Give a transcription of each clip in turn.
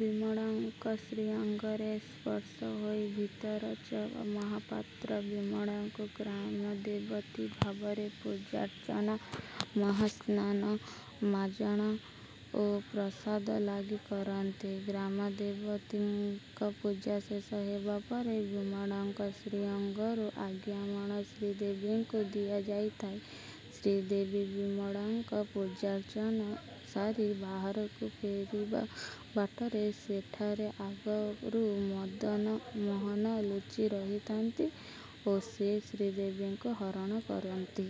ବିମଳାଙ୍କ ଶ୍ରୀଅଙ୍ଗରେ ସ୍ପର୍ଶ ହୋଇ ଭିତରଛ ମହାପାତ୍ର ବିମଳାଙ୍କୁ ଗ୍ରାମଦେବତୀ ଭାବରେ ପୂଜାର୍ଚ୍ଚନା ମହାସ୍ନାନ ମାଜଣା ଓ ପ୍ରସାଦ ଲାଗି କରନ୍ତି। ଗ୍ରାମଦେବତୀଙ୍କ ପୂଜା ଶେଷ ହେବା ପରେ ବିମଳାଙ୍କ ଶ୍ରୀଅଙ୍ଗରୁ ଆଜ୍ଞାମାଳ ଶ୍ରୀଦେବୀଙ୍କୁ ଦିଆଯାଇଥାଏ। ଶ୍ରୀଦେବୀ ବିମଳାଙ୍କ ପୂଜାର୍ଚ୍ଚନା ସାରି ବାହାରକୁ ଫେରିବା ବାଟରେ ସେଠାରେ ଆଗରୁ ମଦନମୋହନ ଲୁଚି ରହିଥାନ୍ତି ଓ ସେ ଶ୍ରୀଦେବୀଙ୍କୁ ହରଣ କରନ୍ତି।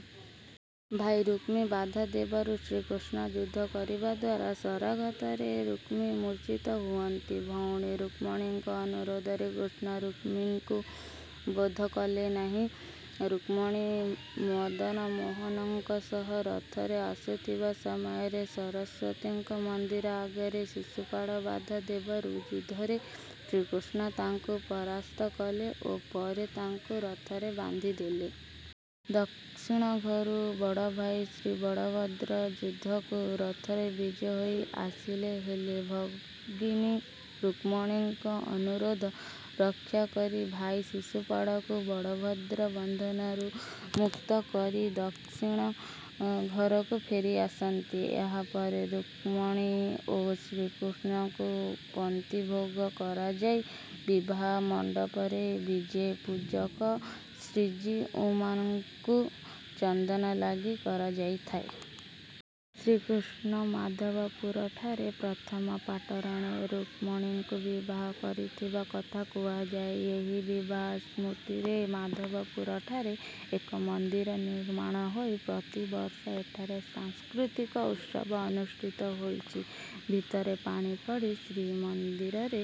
ଭାଇ ରୁକ୍ମୀ ବାଧା ଦେବାରୁ ଶ୍ରୀକୃଷ୍ଣ ଯୁଦ୍ଧ କରିବା ଦ୍ୱାରା ଶରାଘାତରେ ରୁକ୍ମୀ ମୂର୍ଚ୍ଛିତ ହୁଅନ୍ତି। ଭଉଣୀ ରୁକ୍ମିଣୀଙ୍କ ଅନୁରୋଧରେ କୃଷ୍ଣ ରୁକ୍ମୀଙ୍କୁ ବଧ କଲେ ନାହିଁ। ରୁକ୍ମିଣୀ ମଦନମୋହନଙ୍କ ସହ ରଥରେ ଆସୁଥିବା ସମୟରେ ସରସ୍ୱତୀଙ୍କ ମନ୍ଦିର ଆଗରେ ଶିଶୁପାଳ ବାଧା ଦେବାରୁ ଯୁଦ୍ଧରେ ଶ୍ରୀକୃଷ୍ଣ ତାଙ୍କୁ ପରାସ୍ତ କଲେ ଓ ପରେ ତାଙ୍କୁ ରଥରେ ବାନ୍ଧି ଦେଲେ। ଦକ୍ଷିଣ ଘରୁ ବଡ଼ଭାଇ ଶ୍ରୀବଳଭଦ୍ର ଯୁଦ୍ଧକୁ ରଥରେ ବିଜେ ହୋଇ ଆସିଲେ। ହେଲେ ଭଗିନୀ ରୁକ୍ମିଣୀଙ୍କ ଅନୁରୋଧ ରକ୍ଷା କରି ଭାଇ ଶିଶୁପାଳକୁ ବଳଭଦ୍ର ବନ୍ଧନରୁ ମୁକ୍ତ କରି ଦକ୍ଷିଣ ଘରକୁ ଫେରିଆସନ୍ତି। ଏହାପରେ ରୁକ୍ମିଣୀ ଓ ଶ୍ରୀକୃଷ୍ଣଙ୍କୁ ପନ୍ତିଭୋଗ କରାଯାଇ ବିବାହ ମଣ୍ଡପରେ ବିଜେ ପୂଜକ ଶ୍ରୀଜୀଉମାନଙ୍କୁ ଚନ୍ଦନ ଲାଗି କରାଯାଇଥାଏ। ଶ୍ରୀକୃଷ୍ଣ ମାଧବପୁରଠାରେ ପ୍ରଥମ ପାଟରାଣୀ ରୁକ୍ମିଣୀଙ୍କୁ ବିବାହ କରିଥିବା କଥା କୁହାଯାଏ। ଏହି ବିବାହ ସ୍ମୃତିରେ ମାଧବପୁରଠାରେ ଏକ ମନ୍ଦିର ନିର୍ମାଣ ହୋଇ ପ୍ରତିବର୍ଷ ଏଠାରେ ସାଂସ୍କୃତିକ ଉତ୍ସବ ଅନୁଷ୍ଠିତ ହେଉଛି। ଭିତରେ ପାଣି ପଡ଼ି ଶ୍ରୀମନ୍ଦିରରେ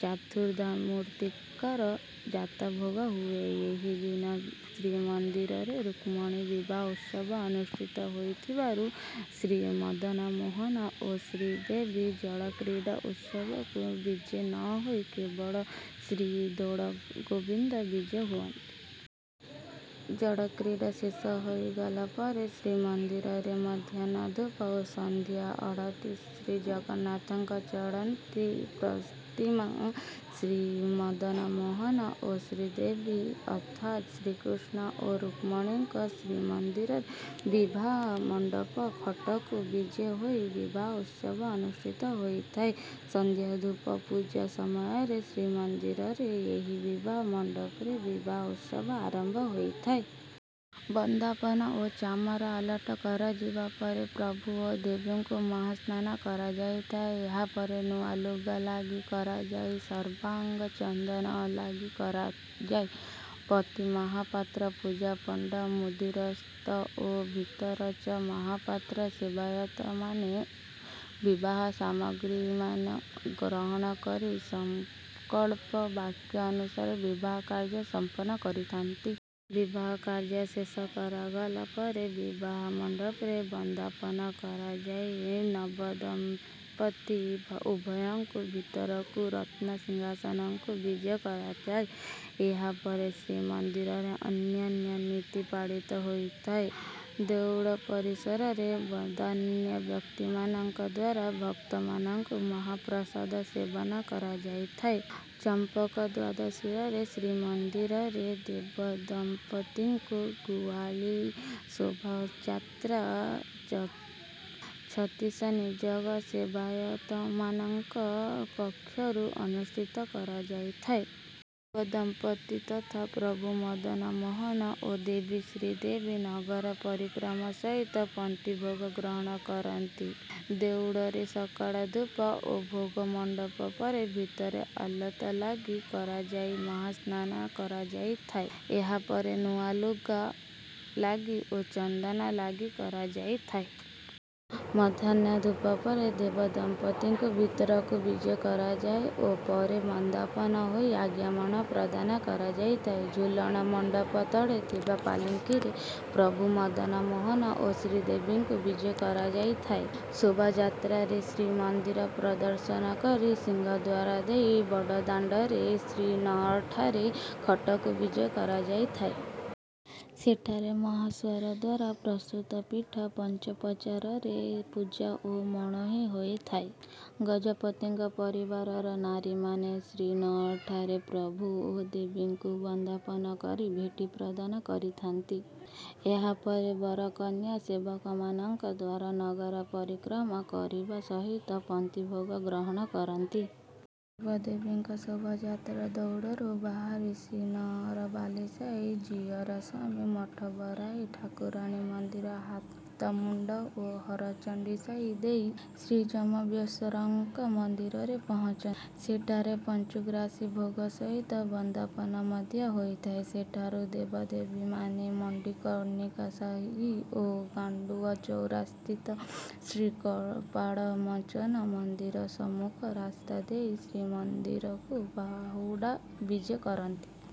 ଚତୁର୍ଦ୍ଧାମୂର୍ତ୍ତିଙ୍କର ଯାତଭୋଗ ହୁଏ। ଏହିଦିନ ଶ୍ରୀମନ୍ଦିରରେ ରୁକ୍ମିଣୀ ବିବାହ ଉତ୍ସବ ଅନୁଷ୍ଠିତ ହେଉଥିବାରୁ ଶ୍ରୀମଦନମୋହନ ଓ ଶ୍ରୀଦେବୀ ଜଳକ୍ରୀଡ଼ା ଉତ୍ସବକୁ ବିଜେ ନ ହୋଇ କେବଳ ଶ୍ରୀଦୋଳଗୋବିନ୍ଦ ବିଜେ ହୁଅନ୍ତି। ଜଳକ୍ରୀଡ଼ା ଶେଷ ହୋଇଗଲା ପରେ ଶ୍ରୀମନ୍ଦିରରେ ମଧ୍ୟାହ୍ନ ଧୂପ ଓ ସନ୍ଧ୍ୟା ଆଳତି ଶ୍ରୀଜଗନ୍ନାଥଙ୍କ ଚଳନ୍ତି ପ୍ରତିମା ଶ୍ରୀମଦନମୋହନ ଓ ଶ୍ରୀଦେବୀଙ୍କ ଅର୍ଥାତ ଶ୍ରୀକୃଷ୍ଣ ଓ ରୁକ୍ମିଣୀଙ୍କ ଶ୍ରୀମନ୍ଦିର ବିବାହ ମଣ୍ଡପ ଖଟକୁ ବିଜେ ହୋଇ ବିବାହ ଉତ୍ସବ ଅନୁଷ୍ଠିତ ହୋଇଥାଏ। ସନ୍ଧ୍ୟା ଧୂପ ପୂଜା ସମୟରେ ଶ୍ରୀମନ୍ଦିରର ଏହି ବିବାହ ମଣ୍ଡପରେ ବିବାହ ଉତ୍ସବ ଆରମ୍ଭ ହୋଇଥାଏ। ବନ୍ଦାପନା ଓ ଚାମର ଆଲଟ କରାଯିବା ପରେ ପ୍ରଭୁ ଓ ଦେବୀଙ୍କୁ ମହାସ୍ନାନ କରାଯାଇଥାଏ। ଏହାପରେ ନୂଆ ଲୁଗା ଲାଗି କରାଯାଇ ସର୍ବାଙ୍ଗ ଚନ୍ଦନ ଲାଗି କରାଯାଏ। ପତି ମହାପାତ୍ର ପୂଜା ପଣ୍ଡା ମୁଦିରସ୍ତ ଓ ଭିତରଛ ମହାପାତ୍ର ସେବାୟତମାନେ ବିବାହ ସାମଗ୍ରୀମାନ ଗ୍ରହଣ କରି ସଂକଳ୍ପ ବାକ୍ୟ ଅନୁସାରେ ବିବାହ କାର୍ଯ୍ୟ ସମ୍ପନ୍ନ କରିଥାନ୍ତି। ବିବାହ କାର୍ଯ୍ୟ ଶେଷ କରାଗଲା ପରେ ବିବାହ ମଣ୍ଡପରେ ବନ୍ଦାପନା କରାଯାଇ ନବଦମ୍ପତି ଉଭୟଙ୍କୁ ଭିତରକୁ ରତ୍ନସିଂହାସନକୁ ବିଜେ କରାଯାଏ। ଏହା ପରେ ଶ୍ରୀମନ୍ଦିରରେ ଅନ୍ୟାନ୍ୟ ନୀତି ପାଳିତ ହୋଇଥାଏ। ଦେଉଳ ପରିସରରେ ବଦାନ୍ୟ ବ୍ୟକ୍ତିମାନଙ୍କ ଦ୍ୱାରା ଭକ୍ତମାନଙ୍କୁ ମହାପ୍ରସାଦ ସେବନ କରାଯାଇଥାଏ। ଚମ୍ପକ ଦ୍ୱାଦଶୀରେ ଶ୍ରୀମନ୍ଦିରରେ ଦେବଦମ୍ପତିଙ୍କ ଗୁଆଲି ଶୋଭାଯାତ୍ରା ଛତିଶା ନିଯୋଗ ସେବାୟତମାନଙ୍କ ପକ୍ଷରୁ ଅନୁଷ୍ଠିତ କରାଯାଇଥାଏ। ଦେବଦମ୍ପତି ତଥା ପ୍ରଭୁ ମଦନମୋହନ ଓ ଦେବୀ ଶ୍ରୀଦେବୀ ନଗର ପରିକ୍ରମା ସହିତ ପନ୍ତିଭୋଗ ଗ୍ରହଣ କରନ୍ତି। ଦେଉଳରେ ସକାଳ ଧୂପ ଓ ଭୋଗମଣ୍ଡପ ପରେ ଭିତରେ ଆଲଟ ଲାଗି କରାଯାଇ ମହାସ୍ନାନ କରାଯାଇଥାଏ। ଏହାପରେ ନୂଆ ଲୁଗା ଲାଗି ଓ ଚନ୍ଦନ ଲାଗି କରାଯାଇଥାଏ। ମଧ୍ୟାହ୍ନ ଧୂପ ପରେ ଦେବଦମ୍ପତିଙ୍କୁ ଭିତରକୁ ବିଜେ କରାଯାଏ ଓ ପରେ ବନ୍ଦାପନା ହୋଇ ଆଜ୍ଞାମାଳ ପ୍ରଦାନ କରାଯାଇଥାଏ। ଝୁଲଣ ମଣ୍ଡପ ତଳେ ଥିବା ପାଲିଙ୍କିରେ ପ୍ରଭୁ ମଦନମୋହନ ଓ ଶ୍ରୀଦେବୀଙ୍କୁ ବିଜେ କରାଯାଇଥାଏ। ଶୋଭାଯାତ୍ରାରେ ଶ୍ରୀମନ୍ଦିର ପ୍ରଦକ୍ଷଣ କରି ସିଂହଦ୍ୱାର ଦେଇ ବଡ଼ଦାଣ୍ଡରେ ଶ୍ରୀନଅରଠାରେ ଖଟକୁ ବିଜେ କରାଯାଇଥାଏ। ସେଠାରେ ମହାସୁଆର ଦ୍ୱାରା ପ୍ରସ୍ତୁତ ପିଠା ପଞ୍ଚୋପଚାରରେ ପୂଜା ଓ ମଣୋହି ହୋଇଥାଏ। ଗଜପତିଙ୍କ ପରିବାରର ନାରୀମାନେ ଶ୍ରୀନଅରଠାରେ ପ୍ରଭୁ ଓ ଦେବୀଙ୍କୁ ବନ୍ଦାପନା କରି ଭେଟି ପ୍ରଦାନ କରିଥାନ୍ତି। ଏହାପରେ ବରକନ୍ୟା ସେବକମାନଙ୍କ ଦ୍ୱାରା ନଗର ପରିକ୍ରମା କରିବା ସହିତ ପନ୍ତିଭୋଗ ଗ୍ରହଣ କରନ୍ତି। ଦେବାଦେବୀଙ୍କ ଶୋଭାଯାତ୍ରା ଦେଉଳରୁ ବାହାରି ଶ୍ରୀନଅର ବାଲିସାହି ଜିୟରସ୍ୱାମୀ ମଠ ବରାହୀ ଠାକୁରାଣୀ ମନ୍ଦିର ହାଟମୁଣ୍ଡ ଓ ହରଚଣ୍ଡୀ ସାହି ଦେଇ ଶ୍ରୀଜମ୍ବେଶ୍ୱରଙ୍କ ମନ୍ଦିରରେ ପହଞ୍ଚନ୍ତି। ସେଠାରେ ପଞ୍ଚୁଗ୍ରାସୀ ଭୋଗ ସହିତ ବନ୍ଦାପନା ମଧ୍ୟ ହୋଇଥାଏ। ସେଠାରୁ ଦେବାଦେବୀମାନେ ମଣିକର୍ଣ୍ଣିକା ସାହି ଓ ଗାଣ୍ଡୁଆ ଚୌରାସ୍ଥିତ ଶ୍ରୀକପାଳମୋଚନ ମନ୍ଦିର ସମ୍ମୁଖ ରାସ୍ତା ଦେଇ ଶ୍ରୀମନ୍ଦିରକୁ ବାହୁଡ଼ା ବିଜେ କରନ୍ତି।